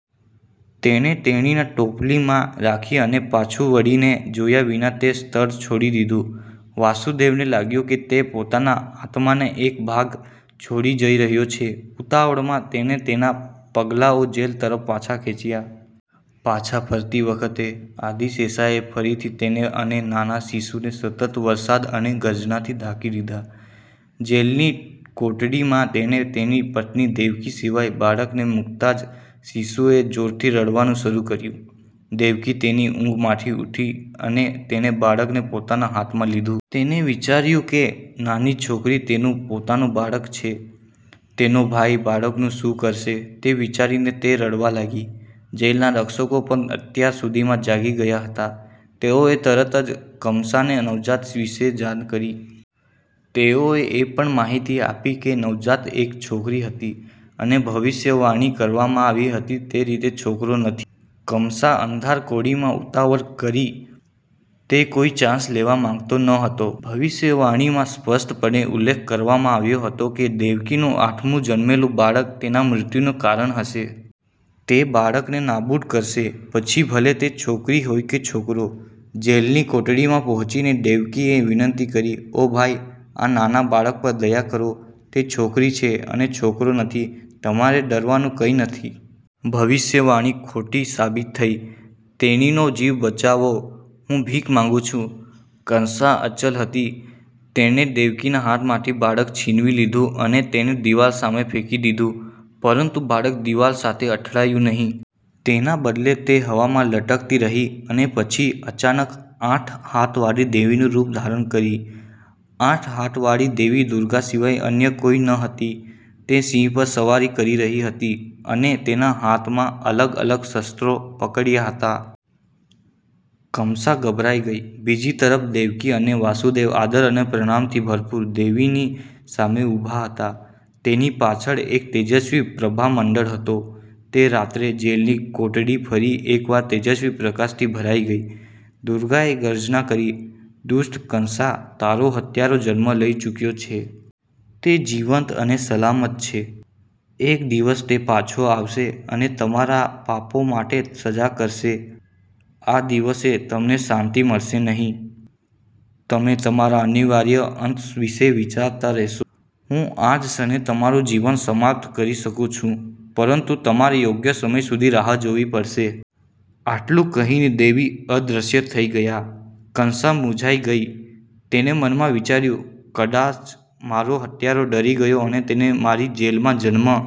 તેણે તેણીને ટોપલીમાં રાખી અને પાછું વળીને જોયા વિના તે સ્થળ છોડી દીધું. વાસુદેવને લાગ્યું કે તે પોતાના આત્માનો એક ભાગ છોડીને જઈ રહ્યો છે. ઉતાવળમાં, તેણે તેના પગલાઓ જેલ તરફ પાછા ખેંચ્યા. પાછા ફરતી વખતે, આદિ-શેષાએ ફરીથી તેને અને નાના શિશુને સતત વરસાદ અને ગર્જનાથી ઢાંકી દીધા. જેલની કોટડીમાં તેણે તેની પત્ની દેવકી સિવાય બાળકને મૂકતાં જ શિશુએ જોરથી રડવાનું શરૂ કર્યું. દેવકી તેની ઊંઘમાંથી ઉઠી અને તેણે બાળકને પોતાના હાથમાં લીધું. તેણે વિચાર્યું કે નાની છોકરી તેનું પોતાનું બાળક છે. તેનો ભાઈ બાળકનું શું કરશે તે વિચારીને તે રડવા લાગી. જેલના રક્ષકો પણ અત્યાર સુધીમાં જાગી ગયા હતા. તેઓએ તરત જ કમસાને નવજાત વિશે જાણ કરી. તેઓએ એ પણ માહિતી આપી કે નવજાત એક છોકરી હતી અને ભવિષ્યવાણી કરવામાં આવી હતી તે રીતે છોકરો નથી. કમસા અંધાર કોટડીમાં ઉતાવળ કરી. તે કોઈ ચાન્સ લેવા માંગતો ન હતો. ભવિષ્યવાણીમાં સ્પષ્ટપણે ઉલ્લેખ કરવામાં આવ્યો હતો કે દેવકીનું આઠમું જન્મેલું બાળક તેના મૃત્યુનું કારણ હશે. તે બાળકને નાબૂદ કરશે, પછી ભલે તે છોકરી હોય કે છોકરો. જેલની કોટડીમાં પહોંચીને દેવકીએ વિનંતી કરી, ઓ ભાઈ! આ નાના બાળક પર દયા કરો. તે છોકરી છે અને છોકરો નથી. તમારે ડરવાનું કંઈ નથી. ભવિષ્યવાણી ખોટી સાબિત થઈ છે. તેણીનો જીવ બચાવો. હું ભીખ માંગું છુ. કંસા અચલ હતી. તેણે દેવકીના હાથમાંથી બાળક છીનવી લીધું અને તેને દિવાલ સાથે ફેંકી દીધું. પરંતુ બાળક દિવાલ સાથે અથડાયું નહીં. તેના બદલે, તે હવામાં લટકતી રહી અને પછી અચાનક આઠ હાથવાળી દેવીનું રૂપ ધારણ કરી. આઠ હાથવાળી દેવી દુર્ગા સિવાય અન્ય કોઈ ન હતી. તે સિંહ પર સવારી કરી રહી હતી અને તેના આઠ હાથમાં અલગ-અલગ શસ્ત્રો પકડ્યા હતા. કમસા ગભરાઈ ગઈ. બીજી તરફ, દેવકી અને વાસુદેવ આદર અને પ્રણામથી ભરપૂર, દેવીની સામે ઉભા હતા. તેની પાછળ એક તેજસ્વી પ્રભામંડળ હતો. તે રાત્રે, જેલની કોટડી ફરી એકવાર તેજસ્વી પ્રકાશથી ભરાઈ ગઈ. દુર્ગાએ ગર્જના કરી, દુષ્ટ કંસા, તારો હત્યારો જન્મ લઈ ચૂક્યો છે. તે જીવંત અને સલામત છે. એક દિવસ, તે પાછો આવશે અને તમને તમારા પાપો માટે સજા કરશે. આ દિવસે, તમને શાંતિ મળશે નહીં. તમે તમારા અનિવાર્ય અંત વિશે વિચારતા રહેશો. હું આ જ ક્ષણે તમારું જીવન સમાપ્ત કરી શકું છું પરંતુ તમારે યોગ્ય સમય સુધી રાહ જોવી પડશે. આટલું કહીને દેવી અદૃશ્ય થઈ ગયા. કંસા મૂંઝાઈ ગઈ. તેણે મનમાં વિચાર્યું, કદાચ મારો હત્યારો ડરી ગયો અને તેણે મારી જેલમાં જન્મ